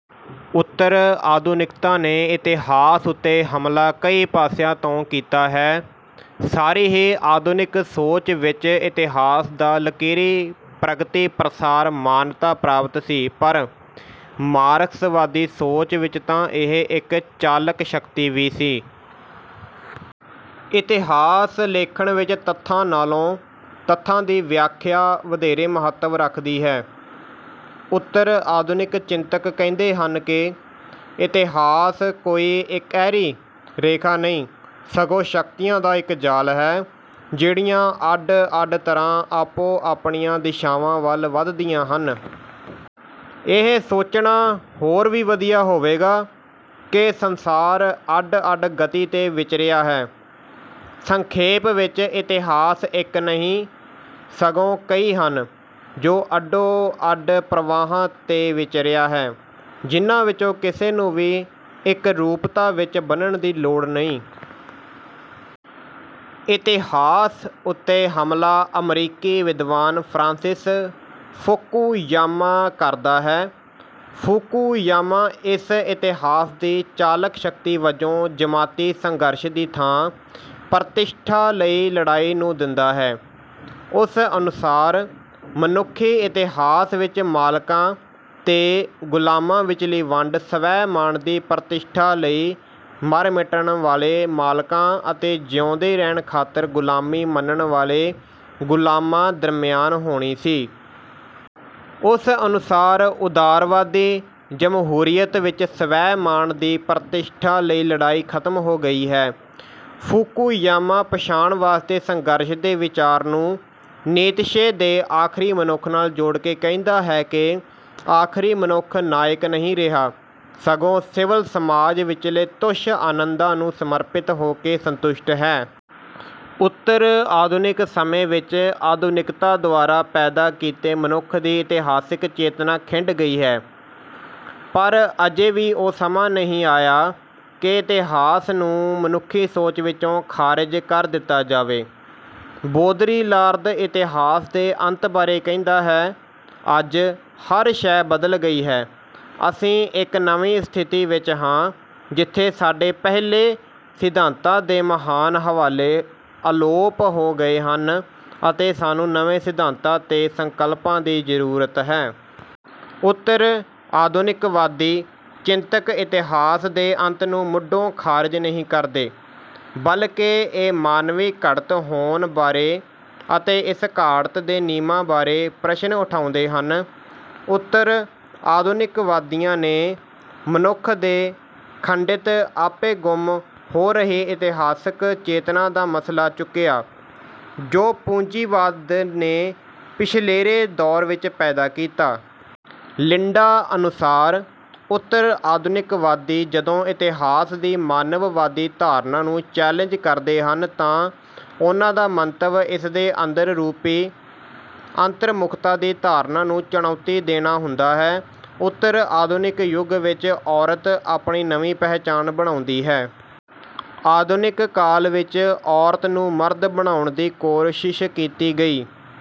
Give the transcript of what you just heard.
ਉੱਤਰ-ਆਧੁਨਿਕਤਾ ਨੇ ਇਤਿਹਾਸ ਉੱਤੇ ਹਮਲਾ ਕਈ ਪਾਸਿਆਂ ਤੋਂ ਕੀਤਾ ਹੈ। ਸਾਰੀ ਹੀ ਆਧੁਨਿਕ ਸੋਚ ਵਿੱਚ ਇਤਿਹਾਸ ਦਾ ਲਕੀਰੀ ਪ੍ਰਗਤੀ-ਪ੍ਰਸਾਰ ਮਾਨਤਾ ਪ੍ਰਾਪਤ ਸੀ, ਪਰ ਮਾਰਕਸਵਾਦੀ ਸੋਚ ਵਿੱਚ ਤਾਂ ਇਹ ਇੱਕ ਚਾਲਕ ਸ਼ਕਤੀ ਵੀ ਸੀ। ਇਤਿਹਾਸ-ਲੇਖਣ ਵਿੱਚ ਤੱਥਾਂ ਨਾਲੋਂ ਤੱਥਾਂ ਦੀ ਵਿਆਖਿਆ ਵਧੇਰੇ ਮਹੱਤਵ ਰੱਖਦੀ ਹੈ। ਉੱਤਰ-ਆਧੁਨਿਕ ਚਿੰਤਕ ਕਹਿੰਦੇ ਹਨ ਕਿ, “ਇਤਿਹਾਸ ਕੋਈ ਇੱਕਹਿਰੀ ਰੇਖਾ ਨਹੀਂ, ਸਗੋਂ ਸ਼ਕਤੀਆਂ ਦਾ ਇੱਕ ਜਾਲ ਹੈ, ਜਿਹੜੀਆਂ ਅੱਡ-ਅੱਡ ਤਰ੍ਹਾਂ ਆਪੋ-ਆਪਣੀਆਂ ਦਿਸ਼ਾਵਾਂ ਵੱਲ ਵੱਧਦੀਆਂ ਹਨ। ਇਹ ਸੋਚਣਾ ਹੋਰ ਵੀ ਵਧੀਆ ਹੋਵੇਗਾ ਕਿ ਸੰਸਾਰ ਅੱਡ-ਅੱਡ ਗਤੀ ਤੇ ਵਿਚਰਿਆ ਹੈ। ਸੰਖੇਪ ਵਿੱਚ ਇਤਿਹਾਸ ਇੱਕ ਨਹੀਂ, ਸਗੋਂ ਕਈ ਹਨ, ਜੋ ਅੱਡੋ-ਅੱਡ ਪ੍ਰਵਾਹਾਂ ਤੇ ਵਿਚਰਿਆ ਹੈ, ਜਿਨ੍ਹਾਂ ਵਿੱਚੋਂ ਕਿਸੇ ਨੂੰ ਵੀ ਇਕਰੂਪਤਾ ਵਿੱਚ ਬੰਨ੍ਹਣ ਦੀ ਲੋੜ ਨਹੀਂ।” ਇਤਿਹਾਸ ਉੱਤੇ ਹਮਲਾ ਅਮਰੀਕੀ ਵਿਦਵਾਨ ਫ਼ਰਾਂਸਿਸ ਫੁਕੂਯਾਮਾ ਕਰਦਾ ਹੈ। ਫੂਕੂਯਾਮਾ ਇਸ ਇਤਿਹਾਸ ਦੀ ਚਾਲਕ ਸ਼ਕਤੀ ਵਜੋਂ ਜਮਾਤੀ ਸੰਘਰਸ਼ ਦੀ ਥਾਂ ਪ੍ਰਤਿਸ਼ਠਾ ਲਈ ਲੜਾਈ ਨੂੰ ਦਿੰਦਾ ਹੈ। ਉਸ ਅਨੁਸਾਰ ਮਨੁੱਖੀ ਇਤਿਹਾਸ ਵਿੱਚ ਮਾਲਕਾਂ ਤੇ ਗੁਲਾਮਾਂ ਵਿਚਲੀ ਵੰਡ ਸਵੈ-ਮਾਣ ਦੀ ਪ੍ਰਤਿਸ਼ਠਾ ਲਈ ਮਰ-ਮਿਟਣ ਵਾਲੇ ਮਾਲਕਾਂ ਅਤੇ ਜਿਊਂਦੇ ਰਹਿਣ ਖਾਤਰ ਗੁਲਾਮੀ ਮੰਨਣ ਵਾਲੇ ਗੁਲਾਮਾਂ ਦਰਮਿਆਨ ਹੋਣੀ ਸੀ। ਉਸ ਅਨੁਸਾਰ ਉਦਾਰਵਾਦੀ ਜਮਹੂਰੀਅਤ ਵਿੱਚ ਸਵੈ-ਮਾਣ ਦੀ ਪ੍ਰਤਿਸ਼ਠਾ ਲਈ ਲੜਾਈ ਖ਼ਤਮ ਹੋ ਗਈ ਹੈ। ਫੂਕੂਯਾਮਾ ਪਛਾਣ ਵਾਸਤੇ ਸੰਘਰਸ਼ ਦੇ ਵਿਚਾਰ ਨੂੰ ਨੀਤਸ਼ੇ ਦੇ ਆਖ਼ਰੀ ਮਨੁੱਖ ਨਾਲ ਜੋੜ ਕੇ ਕਹਿੰਦਾ ਹੈ ਕਿ, “ਆਖ਼ਰੀ ਮਨੁੱਖ ਨਾਇਕ ਨਹੀਂ ਰਿਹਾ, ਸਗੋਂ ਸਿਵਲ ਸਮਾਜ ਵਿਚਲੇ ਤੁੱਛ ਆਨੰਦਾਂ ਨੂੰ ਸਮਰਪਿਤ ਹੋ ਕੇ ਸੰਤੁਸ਼ਟ ਹੈ।” ਉੱਤਰ-ਆਧੁਨਿਕ ਸਮੇਂ ਵਿੱਚ ਆਧੁਨਿਕਤਾ ਦੁਆਰਾ ਪੈਦਾ ਕੀਤੇ ਮਨੁੱਖ ਦੀ ਇਤਿਹਾਸਿਕ ਚੇਤਨਾ ਖਿੰਡ ਗਈ ਹੈ, ਪਰ ਅਜੇ ਵੀ ਉਹ ਸਮਾਂ ਨਹੀਂ ਆਇਆ ਕਿ ਇਤਿਹਾਸ ਨੂੰ ਮਨੁੱਖੀ ਸੋਚ ਵਿੱਚੋਂ ਖਾਰਿਜ ਕਰ ਦਿੱਤਾ ਜਾਵੇ। ਬੋਦਰੀਲਾਰਦ ਇਤਿਹਾਸ ਦੇ ਅੰਤ ਬਾਰੇ ਕਹਿੰਦਾ ਹੈ, “ਅੱਜ ਹਰ ਸ਼ੈਅ ਬਦਲ ਗਈ ਹੈ, ਅਸੀਂ ਇੱਕ ਨਵੀਂ ਸਥਿਤੀ ਵਿੱਚ ਹਾਂ, ਜਿੱਥੇ ਸਾਡੇ ਪਹਿਲੇ, ਸਿਧਾਂਤਾਂ ਦੇ ਮਹਾਨ ਹਵਾਲੇ ਅਲੋਪ ਹੋ ਗਏ ਹਨ ਅਤੇ ਸਾਨੂੰ ਨਵੇਂ ਸਿਧਾਂਤਾਂ ਤੇ ਸੰਕਲਪਾਂ ਦੀ ਜ਼ਰੂਰਤ ਹੈ।” ਉੱਤਰ-ਆਧੁਨਿਕਵਾਦੀ ਚਿੰਤਕ ਇਤਿਹਾਸ ਦੇ ਅੰਤ ਨੂੰ ਮੁੱਢੋਂ ਖਾਰਿਜ ਨਹੀਂ ਕਰਦੇ, ਬਲਕਿ ਇਹ ਮਾਨਵੀ ਘੜਤ ਹੋਣ ਬਾਰੇ ਅਤੇ ਇਸ ਘਾੜਤ ਦੇ ਨਿਯਮਾਂ ਬਾਰੇ ਪ੍ਰਸ਼ਨ ਉਠਾਉਂਦੇ ਹਨ। ਉੱਤਰ-ਆਧੁਨਿਕਵਾਦੀਆਂ ਨੇ ਮਨੁੱਖ ਦੇ ਖੰਡਿਤ ਆਪੇ ਅਤੇ ਗੁੰਮ ਹੋ ਰਹੀ ਇਤਿਹਾਸਕ ਚੇਤਨਾ ਦਾ ਮਸਲਾ ਚੁੱਕਿਆ, ਜੋ ਪੂੰਜੀਵਾਦ ਨੇ ਪਿਛਲੇਰੇ ਦੌਰ ਵਿੱਚ ਪੈਦਾ ਕੀਤਾ। ਲਿੰਡਾ ਅਨੁਸਾਰ, ਉੱਤਰ-ਆਧੁਨਿਕਵਾਦੀ ਜਦੋਂ ਇਤਿਹਾਸ ਦੀ ਮਾਨਵਵਾਦੀ ਧਾਰਨਾ ਨੂੰ ਚੈਲਿੰਜ ਕਰਦੇ ਹਨ ਤਾਂ ਉਨ੍ਹਾਂ ਦਾ ਮੰਤਵ ਇਸ ਦੇ ਅੰਦਰ ਰੂਪੀ ਅੰਤਰਮੁਖਤਾ ਦੀ ਧਾਰਨਾ ਨੂੰ ਚੁਣੌਤੀ ਦੇਣਾ ਹੁੰਦਾ ਹੈ। ਉੱਤਰ-ਆਧੁਨਿਕ ਯੁੱਗ ਵਿੱਚ ਔਰਤ ਆਪਣੀ ਨਵੀਂ ਪਹਿਚਾਣ ਬਣਾਉਂਦੀ ਹੈ। ਆਧੁਨਿਕ ਕਾਲ ਵਿੱਚ ਔਰਤ ਨੂੰ ਮਰਦ ਬਣਾਉਣ ਦੀ ਕੋਸ਼ਿਸ਼ ਕੀਤੀ ਗਈ।